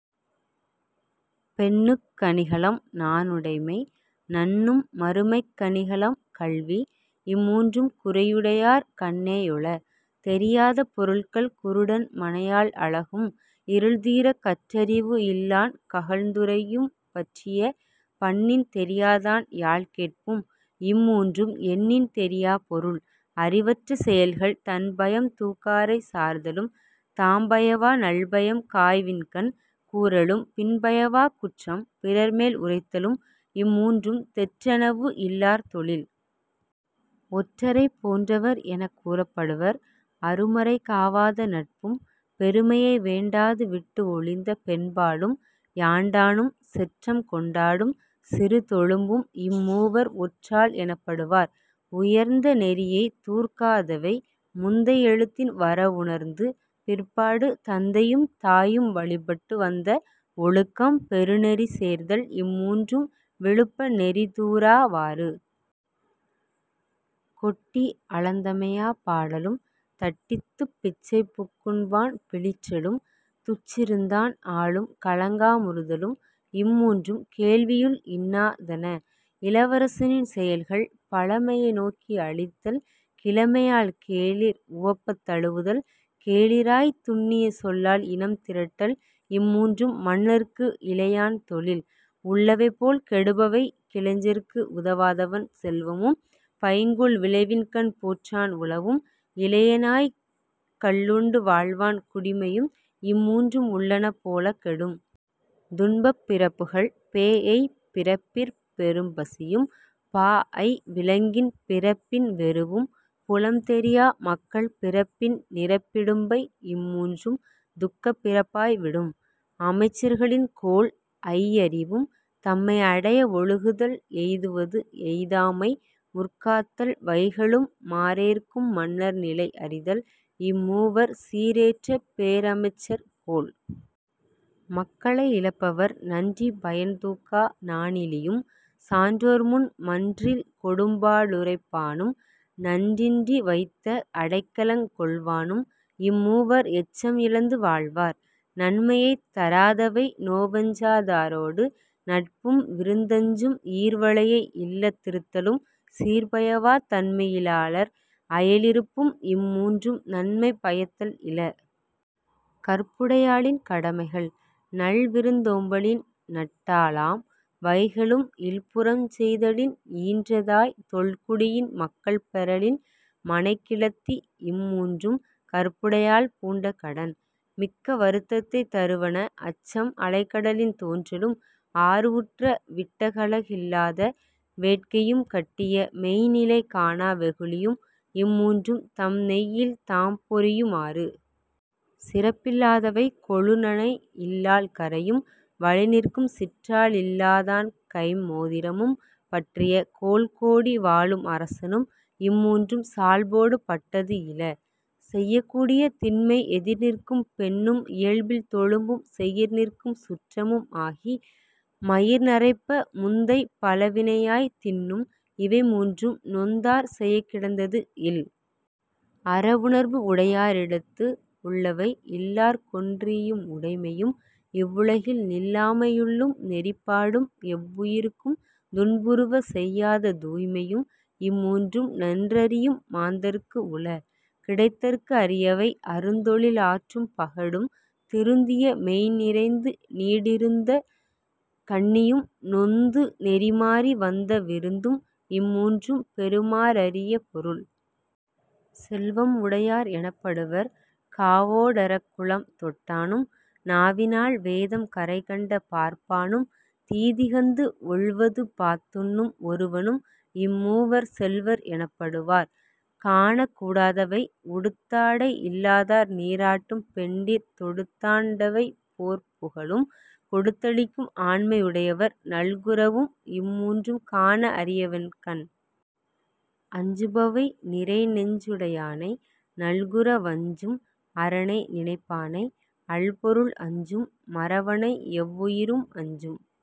பெண்ணுக் கணிகலம் நாணுடைமை நண்ணும் மறுமைக் கணிகலம் கல்வி இம்மூன்றும் குறியுடையார் கண்ணே யுள.. தெரியாத பொருள்கள் குருடன் மனையாள் அழகும் இருள்தீரக் கற்றறிவு இல்லான் கதழ்ந்துரையும் பற்றிய பண்ணின் தெரியாதான் யாழ்கேட்பும் இம்மூன்றும் எண்ணின் தெரியாப் பொருள்.. அறிவற்ற செயல்கள் தன்பயம் தூக்காரைச் சார்தலும் தாம்பயவா நல்பயம் காய்வின்கண் கூறலும் பின்பயவாக் குற்றம் பிறர்மேல் உரைத்தலும் இம்மூன்றும் தெற்றெனவு இல்லார் தொழில்.. ஒற்றரைப் போன்றவர் எனக் கூறப்படுவர் அருமறை காவாத நட்பும் பெருமையை வேண்டாது விட்டுஒழிந்த பெண்பாலும் யாண்டானும் செற்றம்கொண் டாடும் சிறுதொழும்பும் இம்மூவர் ஒற்றாள் எனப்படு வார்.. உயர்ந்த நெறியைத் தூர்க்காதவை முந்தை எழுத்தின் வரவுணர்ந்து பிற்பாடு தந்தையும் தாயும் வழிபட்டு வந்த ஒழுக்கம் பெருநெறி சேர்தல் இம்மூன்றும் விழுப்ப நெறிதூரா வாறு. கொட்டி அளந்தமையாப் பாடலும் தட்டித்துப் பிச்சைபுக் குண்பான் பிளிற்றலும் துச்சிருந்தான் ஆளும் கலங்கா முறுதலும் இம்மூன்றும் கேள்வியுள் இன்னா தன.. இளவரசனின் செயல்கள் பழமையை நோக்கி அளித்தல் கிழமையால் கேளிர் உவப்பத் தழுவுதல் கேளிராய்த் துன்னிய சொல்லால் இனம்திரட்டல் இம்மூன்றும் மன்னற்கு இளையான் தொழில்.. உள்ளவை போல் கெடுபவை கிளைஞர்க்கு உதவாதவன் செல்வமும் பைங்கூழ் விளைவின்கண் போற்றான் உழவும் இளையனாய்க் கள்ளுண்டு வாழ்வான் குடிமையும் இம்மூன்றும் உள்ளன போலக் கெடும்.. துன்பப் பிறப்புகள் பேஎய்ப் பிறப்பிற் பெரும்பசியும் பாஅய் விலங்கின் பிறப்பின் வெருவும் புலம்தெரியா மக்கள் பிறப்பின் நிரப்பிடும்பை இம்மூன்றும் துக்கப் பிறப்பாய் விடும்.. அமைச்சர்களின் கோள் ஐயறிவும் தம்மை அடைய ஒழுகுதல் எய்துவது எய்தாமை முற்காத்தல் வைகலும் மாறேற்கும் மன்னர் நிலைஅறிதல் இம்மூவர் சீரேற்ற பேரமைச்சர் கோள்.. மக்களை இழப்பவர் நன்றிப் பயன்தூக்கா நாணிலியும் சான்றோர்முன் மன்றில் கொடும்பா டுரைப்பானும் நன்றின்றி வைத்த அடைக்கலங் கொள்வானும் இம்மூவர் எச்சம் இழந்துவாழ் வார்.. நன்மையைத் தாராதவை நோவஞ்சா தாரொடு நட்பும் விருந்தஞ்சும் ஈர்வளையை இல்லத் திருத்தலும் சீர்பயவாத் தன்மையி லாளர் அயலிருப்பும் இம்மூன்றும் நன்மை பயத்தல் இல.. கற்புடையாளின் கடமைகள் நல்விருந் தோம்பலின் நட்டாளாம் வைகலும் இல்புறஞ் செய்தலின் ஈன்றதாய் தொல்குடியின் மக்கள் பெறலின் மனைக்கிழத்தி இம்மூன்றும் கற்புடையாள் பூண்ட கடன்.. மிக்க வருத்தத்தைத் தருவன அச்சம் அலைகடலின் தோன்றலும் ஆர்வுற்ற விட்டகல கில்லாத வேட்கையும் கட்டிய மெய்ந்நிலை காணா வெகுளியும் இம்மூன்றும் தம்நெய்யில் தாம்பொரியு மாறு.. சிறப்பில்லாதவை கொழுநனை இல்லாள் கறையும் வழிநிற்கும் சிற்றாளில் லாதான்கைம் மோதிரமும் பற்றிய கோல்கோடி வாழும் அரசனும் இம்மூன்றும் சால்போடு பட்டது இல.. செய்யக்கூடிய திண்மை எதிர்நிற்கும் பெண்ணும் இயல்பில் தொழும்பும் செயிர்நிற்கும் சுற்றமும் ஆகி மயிர்நரைப்ப முந்தை பழவினையாய்த் தின்னும் இவைமூன்றும் நொந்தார் செயக்கிடந்தது இல்.. அறவுணர்வு உடையாரிடத்து உள்ளவை இல்லார்க்கொன் றீயும் உடைமையும் இவ்வுலகில் நில்லாமை யுள்ளும் நெறிப்பாடும் எவ்வுயிர்க்கும் துன்புறுவ செய்யாத தூய்மையும் இம்மூன்றும் நன்றறியும் மாந்தர்க்கு உள.. கிடைத்தற்கு அரியவை அருந்தொழில் ஆற்றும் பகடும் திருந்திய மெய்ந்நிறைந்து நீடிருந்த கன்னியும் நொந்து நெறிமாறி வந்த விருந்தும் இம்மூன்றும் பெறுமா றரிய பொருள்.. செல்வம் உடையார் எனப்படுவர் காவோ டறக்குளம் தொட்டானும் நாவினால் வேதம் கரைகண்ட பார்ப்பானும் தீதிகந்து ஒல்வதுபாத் துண்ணும் ஒருவனும் இம்மூவர் செல்வர் எனப்படு வார்.. காணக் கூடாதவை உடுத்தாடை இல்லாதார் நீராட்டும் பெண்டிர் தொடுத்தாண் டவைப்போர் புகலும் கொடுத்தளிக்கும் ஆண்மை யுடையவர் நல்குரவும் இம்மூன்றும் காண அரியவென் கண்.. அஞ்சுபவை நிறைநெஞ் சுடையானை நல்குர வஞ்சும் அறனை நினைப்பானை அல்பொருள் அஞ்சும் மறவனை எவ்வுயிரும் அஞ்சும்